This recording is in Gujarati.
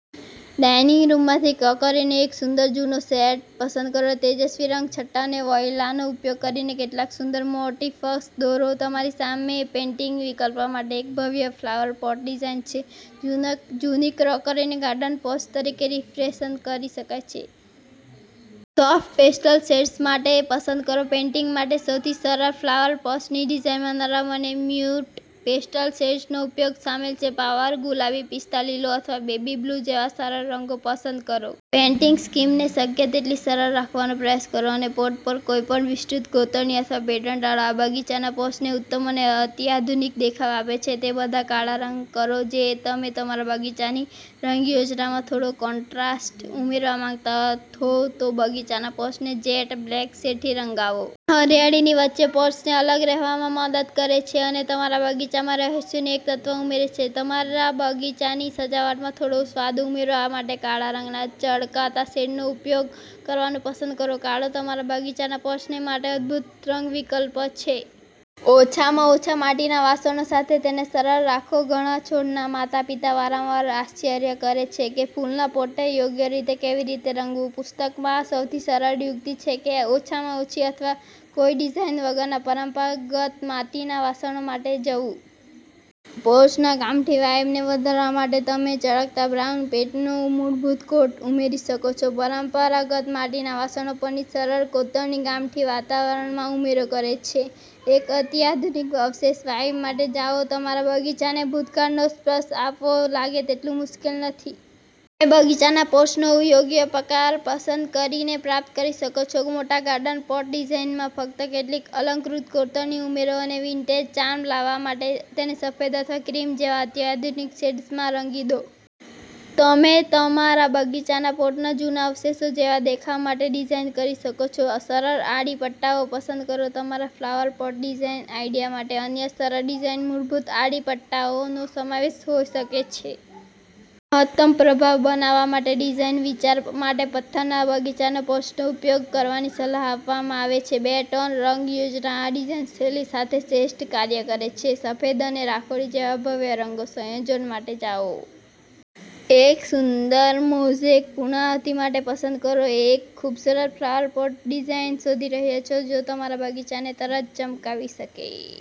ડાઇનિંગ રૂમમાંથી ક્રોકરીનો એક સુંદર જૂનો સેટ પસંદ કરો, તેજસ્વી રંગછટા અને વોઇલાનો ઉપયોગ કરીને કેટલાક સુંદર મોટિફ્સ દોરો! તમારી સામે પેઇન્ટિંગ વિકલ્પ માટે એક ભવ્ય ફ્લાવર પોટ ડિઝાઇન છે. જૂની ક્રોકરીને ગાર્ડન પોટ્સ તરીકે રિફેશન કરી શકાય છે. સોફ્ટ પેસ્ટલ શેડ્સ માટે પસંદ કરો પેઇન્ટિંગ માટે સૌથી સરળ ફ્લાવર પોટ્સની ડિઝાઇનમાં નરમ અને મ્યૂટ પેસ્ટલ શેડ્સનો ઉપયોગ શામેલ છે. પાવડર ગુલાબી, પિસ્તા લીલો અથવા બેબી બ્લુ જેવા સરળ રંગો પસંદ કરો. પેઇન્ટિંગ સ્કીમને શક્ય તેટલી સરળ રાખવાનો પ્રયાસ કરો અને પોટ પર કોઈપણ વિસ્તૃત કોતરણી અથવા પેટર્ન ટાળો. આ બગીચાના પોટ્સને ઉત્તમ અને અત્યાધુનિક દેખાવ આપે છે. તે બધા કાળા રંગ કરો જો તમે તમારા બગીચાની રંગ યોજનામાં થોડો કોન્ટ્રાસ્ટ ઉમેરવા માંગતા હો, તો બગીચાના પોટ્સને જેટ બ્લેક શેડથી રંગાવો. આ હરિયાળીની વચ્ચે પોટ્સને અલગ રહેવામાં મદદ કરે છે અને તમારા બગીચામાં રહસ્યનું એક તત્વ ઉમેરે છે. તમારા બગીચાની સજાવટમાં થોડો સ્વાદ ઉમેરવા માટે કાળા રંગના ચળકતા શેડનો ઉપયોગ કરવાનું પસંદ કરો. કાળો તમારા બગીચાના પોટ્સ માટે અદભૂત રંગ વિકલ્પ છે. ઓછામાં ઓછા માટીના વાસણો સાથે તેને સરળ રાખો ઘણા છોડના માતાપિતા વારંવાર આશ્ચર્ય કરે છે કે ફૂલના પોટને યોગ્ય રીતે કેવી રીતે રંગવું. પુસ્તકમાં સૌથી સરળ યુક્તિ છે કે ઓછામાં ઓછી અથવા કોઈ ડિઝાઇન વગરના પરંપરાગત માટીના વાસણો માટે જવું. પોટ્સના ગામઠી વાઇબને વધારવા માટે તમે ચળકતા બ્રાઉન પેઇન્ટનો મૂળભૂત કોટ ઉમેરી શકો છો. પરંપરાગત માટીના વાસણો પરની સરળ કોતરણી ગામઠી વાતાવરણમાં ઉમેરો કરે છે. એક અત્યાધુનિક અવશેષ વાઇબ માટે જાઓ તમારા બગીચાને ભૂતકાળનો સ્પર્શ આપવો લાગે તેટલું મુશ્કેલ નથી. તમે બગીચાના પોટ્સનો યોગ્ય પ્રકાર પસંદ કરીને પ્રાપ્ત કરી શકો છો. મોટા ગાર્ડન પોટ ડિઝાઇનમાં ફક્ત કેટલીક અલંકૃત કોતરણી ઉમેરો અને વિન્ટેજ ચાર્મ લાવવા માટે તેને સફેદ અથવા ક્રીમ જેવા અત્યાધુનિક શેડ્સમાં રંગી દો. તમે તમારા બગીચાના પોટને જૂના અવશેષો જેવા દેખાવા માટે ડિઝાઇન કરી શકો છો. સરળ આડી પટ્ટાઓ પસંદ કરો તમારા ફ્લાવર પોટ ડિઝાઇન આઇડિયા માટે અન્ય સરળ ડિઝાઇન મૂળભૂત આડી પટ્ટાઓનો સમાવેશ હોઈ શકે છે. મહત્તમ પ્રભાવ બનાવવા માટે ડિઝાઇન વિચાર માટે પથ્થરના બગીચાના પોટ્સનો ઉપયોગ કરવાની સલાહ આપવામાં આવે છે. બે-ટોન રંગ યોજના આ ડિઝાઇન શૈલી સાથે શ્રેષ્ઠ કાર્ય કરે છે. સફેદ અને રાખોડી જેવા ભવ્ય રંગ સંયોજનો માટે જાઓ. એક સુંદર મોઝેક પૂર્ણાહુતિ માટે પસંદ કરો એક ખૂબસૂરત ફ્લાવર પોટ ડિઝાઇન શોધી રહ્યાં છો જે તમારા બગીચાને તરત ચમકાવી શકે?